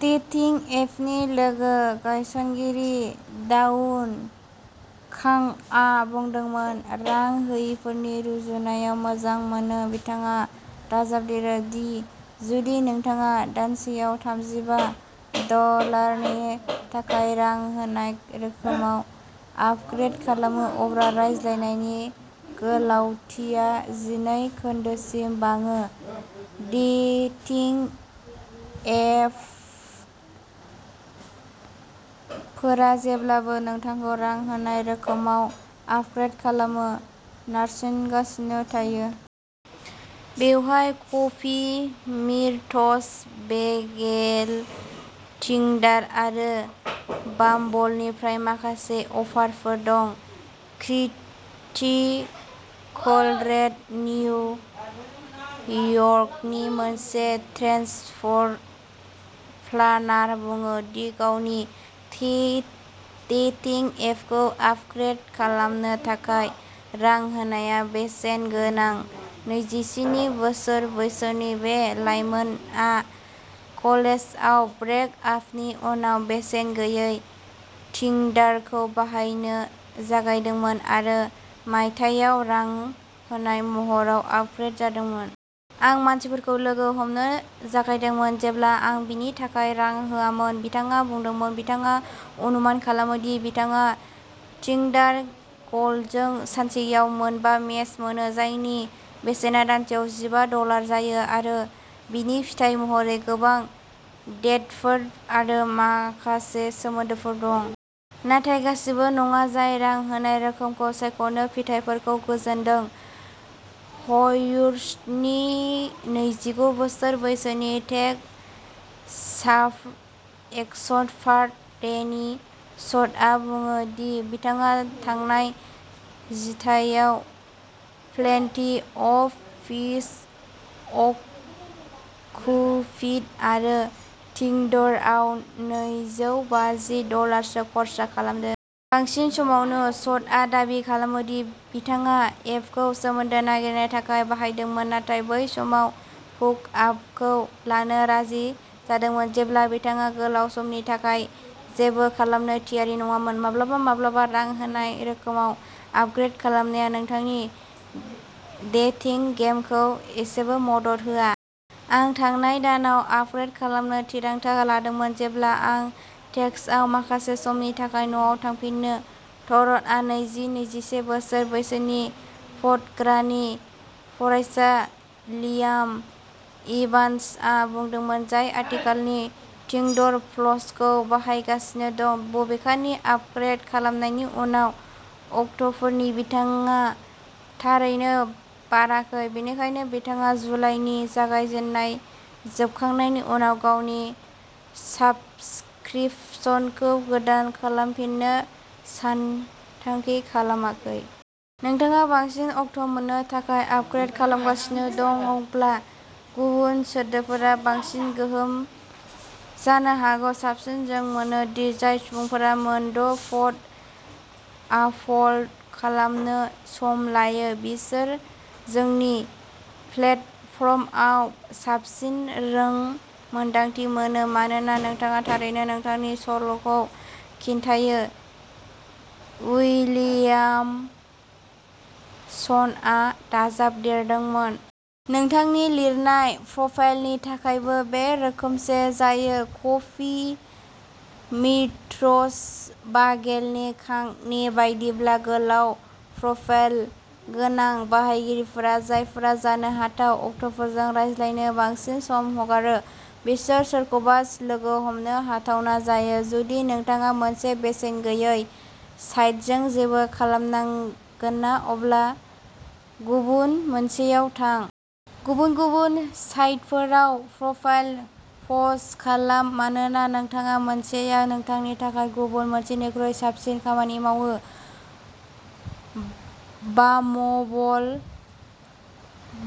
Dating एपनि लोगो गायसनगिरि दावुन कांगआ बुंदोंमोन, रां होयिफोरनि रुजुनायाव मोजां मोनो। बिथाङा दाजाबदेरो दि जुदि नोंथाङा दानसेआव थामजिबा डलारनि थाखाय रां होनाय रोखोमाव आपग्रेद खालामो, अब्ला रायज्लायनायनि गोलावथिया जिनै खोन्दोसिम बाङो। डेटिं एपफोरा जेब्लाबो नोंथांखौ रां होनाय रोखोमाव आपग्रेद खालामो नारसिनगासिनो थायो। बेवहाय कफि मिट्स बेगेल, टिंडार आरो बाम्बलनिफ्राय माखासे अफारफोर दं। क्रिटि कलरेड निउयर्कनि मोनसे ट्रेन्सपर्ट'न प्लानार, बुङो दि गावनि थि डेटिं एपखौ आपग्रेद खालामनो थाखाय रां होनाया बेसेन गोनां। नैजिस्नि बोसोर बैसोनि बे लाइमोनआ कलेजआव ब्रेक आपनि उनाव बेसेन गैयै टिंडारखौ बाहायनो जागायदोंमोन आरो मायथाइयाव रां होनाय महराव आपग्रेद जादोंमोन। आं मानसिफोरखौ लोगो हमनो जागायदोंमोन जेब्ला आं बेनि थाखाय रां होआमोन बिथाङा बुंदोंमोन। बिथाङा अनुमान खालामो दि बिथाङा टिंडार गल्डजों सानसेयाव मोनबा मेच मोनो, जायनि बेसेना दानसेआव जिबा डलार जायो, आरो बिनि फिथाय महरै गोबां डेटफोर आरो माखासे सोमोन्दोफोर दं। नाथाय गासिबो नङा जाय रां होनाय रोखोमखौ सायख'नो। फिथाइफोरखौ गोजोनदों। ह्यूस्टनि नैजिगु बोसोर बैसोनि टेक साप एक्सपार्ट डेनि स'ट'आ बुङो दि बिथाङा थांनाय जिथाइयाव प्लेन्टी अफ फिश, अ'ककुपिड आरो टिंडरआव नैजौ बाजि डलारसो खर्सा खालामदों। बांसिन समावनो स'ट'आ दाबि खालामो दि बिथाङा एपखौ सोमोन्दो नागिरनो थाखाय बाहायदोंमोन, नाथाय बै समाव हुकआपखौ लानो राजि जादोंमोन जेब्ला बिथाङा गोलाव समनि थाखाय जेबो खालामनो थियारि नङामोन। माब्लाबा-माब्लाबा रां होनाय रोखोमाव आपग्रेद खालामनाया नोंथांनि डेटिं गेमखौ एसेबो मदद होआ। आं थांनाय दानाव आपग्रेद खालामनो थिरांथा लादोंमोन, जेब्ला आं टेक्साआव माखासे समनि थाखाय न'आव थांफिनो ट'रन्ट'आ नैजि नैजिसे बोसोर बैसोनि फट'ग्रानि फरायसा लियाम इभान्सआ बुंदोंमोन, जाय आथिखालनि टिंडर प्लसखौ बाहायगासिनो दं। बबेखानि आपग्रेद खालामनायनि उनाव अक्ट'फोरनि बिथाङा थारैनो बाराखै बेनिखायनो बिथाङा जुलाइनि जागायजेन्नाय जोबखांनायनि उनाव गावनि साब्सक्रिपशनखौ गोदान खालामफिननो सानथांखि खालामाखै। नोंथाङा बांसिन अक्ट' मोन्नो थाखाय आपग्रेद खालामगासिनो दंब्ला, गुबुन सोदोबफोरा बांसिन गोहोम जानो हागौ। साबसिन जों मोनो दि जाय सुबुंफोरा मोनद' फट' आपल्ड खालामनो सम लायो, बिसोर जोंनि प्लेटफर्मआव साबसिन रोंमोन्दांथि मोनो मानोना नोंथाङा थारैनो नोंथांनि सल'खौ खिन्थायो उइलियामसनआ दाजाबदेरदोंमोन। नोंथांनि लिरनाय प्रफाइलनि थाखायबो बे रोखोमसे जायो। कफि मिट्रस बागेलनि कांगनि बायदिब्ला, गोलाव प्रफाइल गोनां बाहायगिरिफोरा जायफोरा जानो हाथाव अक्ट'फोरजों रायज्लायनो बांसिन सम हगारो, बिसोर सोरखौबास लोगो हमनो हाथावना जायो। जुदि नोंथाङा मोनसे बेसेन गैयै साइटजों जेबो खालामनांगोनना अब्ला गुबुन मोनसेआव थां। गुबुन-गुबुन साइटफोराव प्रफाइल पस्ट खालाम मानोना नोंथाङा मोनसेया नोंथांनि थाखाय गुबुन मोनसेनिख्रुइ साबसिन खामानि मावो। बाम्बल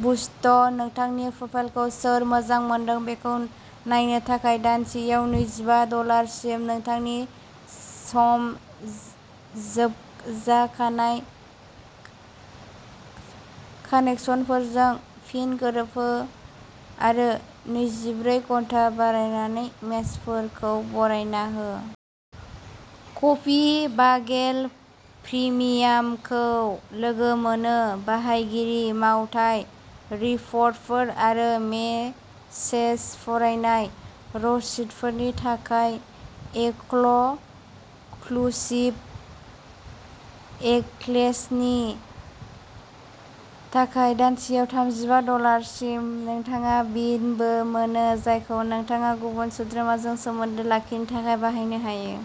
बुस्ट नोंथांनि प्रफाइलखौ सोर मोजां मोनदों बेखौ नायनो थाखाय दानसेआव नैजिबा डलार सिम, नोंथांनि सम जोबजाखानाय कानेकसनफोरजों फिन गोरोबहो, आरो नैजिब्रै घन्टा बारायनानै मेचफोरखौ बारायना हो। कफि बागेल प्रिमियामखौ लोगो मोनो बाहायगिरि मावथाय रिपर्टफोर आरो मेसेज फरायनाय रसिदफोरनि थाखाय एक्लक्लुसिभ एक्लेसनि थाखाय दानसेआव थामजिबा डलार सिम। नोंथाङा बिन बो मोनो जायखौ नोंथाङा गुबुन सोद्रोमाजों सोमोन्दो लाखिनो थाखाय बाहायनो हायो।